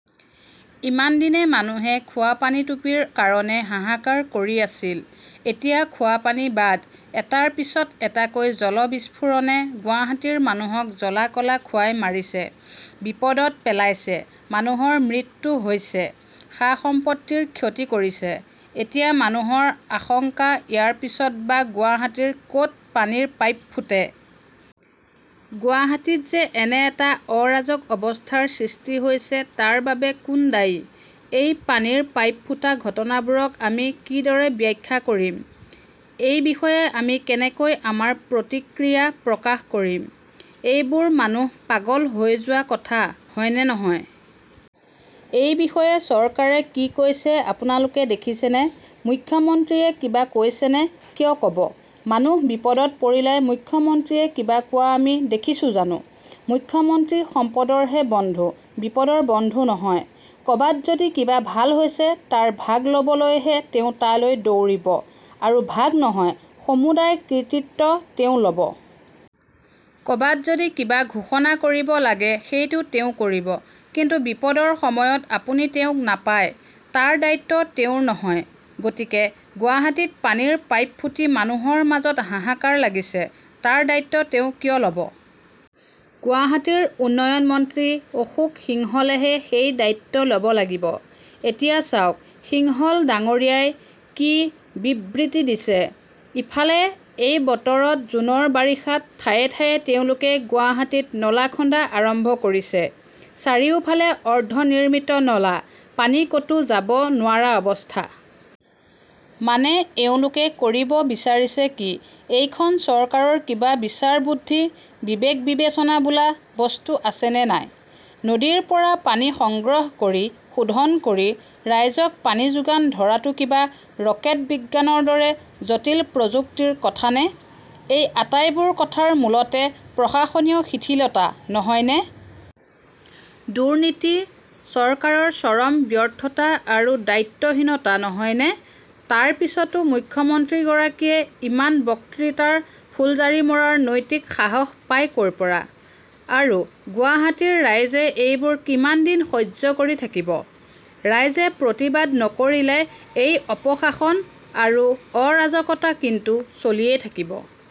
ইমানদিনে মানুহে খোৱা পানীটুপিৰ কাৰণে হাহাকাৰ কৰি আছিল। এতিয়া খোৱা পানী বাদ, এটাৰ পিছত এটাকৈ জল বিস্ফোৰণে গুৱাহাটীৰ মানুহক জ্বলা-কলা খুৱাই মাৰিছে, বিপদত পেলাইছে, মানুহৰ মৃত্যু হৈছে, সা-সম্পত্তিৰ ক্ষতি কৰিছে। এতিয়া মানুহৰ আশংকা ইয়াৰ পিছত বা গুৱাহাটীৰ ক'ত পানীৰ পাইপ ফুটে। গুৱাহাটীত যে এনে এটা অৰাজক অৱস্থাৰ সৃষ্টি হৈছে তাৰ বাবে কোন দায়ী? এই পানীৰ পাইপ ফুটা ঘটনাবোৰক আমি কি দৰে ব্যাখ্যা কৰিম? এই বিষয়ে আমি কেনেকৈ আমাৰ প্ৰতিক্ৰিয়া প্ৰকাশ কৰিম? এইবোৰ মানুহ পাগল হৈ যোৱা কথা হয়নে নহয়? এই বিষয়ে চৰকাৰে কি কৈছে আপোনালোকে দেখিছেনে? মুখ্যমন্ত্ৰীয়ে কিবা কৈছেনে? কিয় ক'ব? মানুহ বিপদত পৰিলে মুখ্যমন্ত্ৰীয়ে কিবা কোৱা আমি দেখিছোঁ জানো? মুখ্যমন্ত্ৰী সম্পদৰহে বন্ধু, বিপদৰ বন্ধু নহয়। ক'বাত যদি কিবা ভাল হৈছে তাৰ ভাগ ল'বলৈহে তেওঁ তালৈ দৌৰিব, আৰু ভাগ নহয়, সমুদায় কৃতিত্ব তেওঁ ল'ব। ক'বাত যদি কিবা ঘোষণা কৰিব লাগে সেইটো তেওঁ কৰিব। কিন্তু বিপদৰ সময়ত আপুনি তেওঁক নাপায়, তাৰ দায়িত্ব তেওঁৰ নহয়। গতিকে গুৱাহাটীত পানীৰ পাইপ ফুটি মানুহৰ মাজত হাহাকাৰ লাগিছে, তাৰ দায়িত্ব তেওঁ কিয় ল'ব? গুৱাহাটীৰ উন্নয়ন মন্ত্ৰী অশোক সিংহলেহে সেই দায়িত্ব ল'ব লাগিব। এতিয়া চাওক সিংহল ডাঙৰীয়াই কি বিবৃতি দিছে। ইফালে এই বতৰত জুনৰ বাৰিষাত ঠায়ে ঠায়ে তেওঁলোকে গুৱাহাটীত নলা খন্দা আৰম্ভ কৰিছে, চাৰিওফালে অৰ্ধ নিৰ্মিত নলা, পানী ক'তো যাব নোৱাৰা অৱস্থা। মানে এওঁলোকে কৰিব বিচাৰিছে কি? এইখন চৰকাৰৰ কিবা বিচাৰ-বুদ্ধি, বিবেক-বিবেচনা বোলা বস্তু আছেনে নাই? নদীৰ পৰা পানী সংগ্ৰহ কৰি শোধন কৰি ৰাইজক পানী যোগান ধৰাটো কিবা ৰকেট বিজ্ঞানৰ দৰে জটিল প্ৰযুক্তিৰ কথানে? এই আটাইবোৰ কথাৰ মূলতে প্ৰশাসনীয় শিথিলতা নহয়নে? দুৰ্নীতি, চৰকাৰৰ চৰম ব্যৰ্থতা আৰু দায়িত্বহীনতা নহয়নে? তাৰ পিছতো মুখ্যমন্ত্ৰী গৰাকীয়ে ইমান বক্তৃতাৰ ফুলজাৰী মৰাৰ নৈতিক সাহস পায় ক'ৰপৰা? আৰু গুৱাহাটীৰ ৰাইজে এইবোৰ কিমান দিন সহ্য কৰি থাকিব? ৰাইজে প্ৰতিবাদ নকৰিলে এই অপশাসন আৰু অৰাজকতা কিন্তু চলিয়ে থাকিব।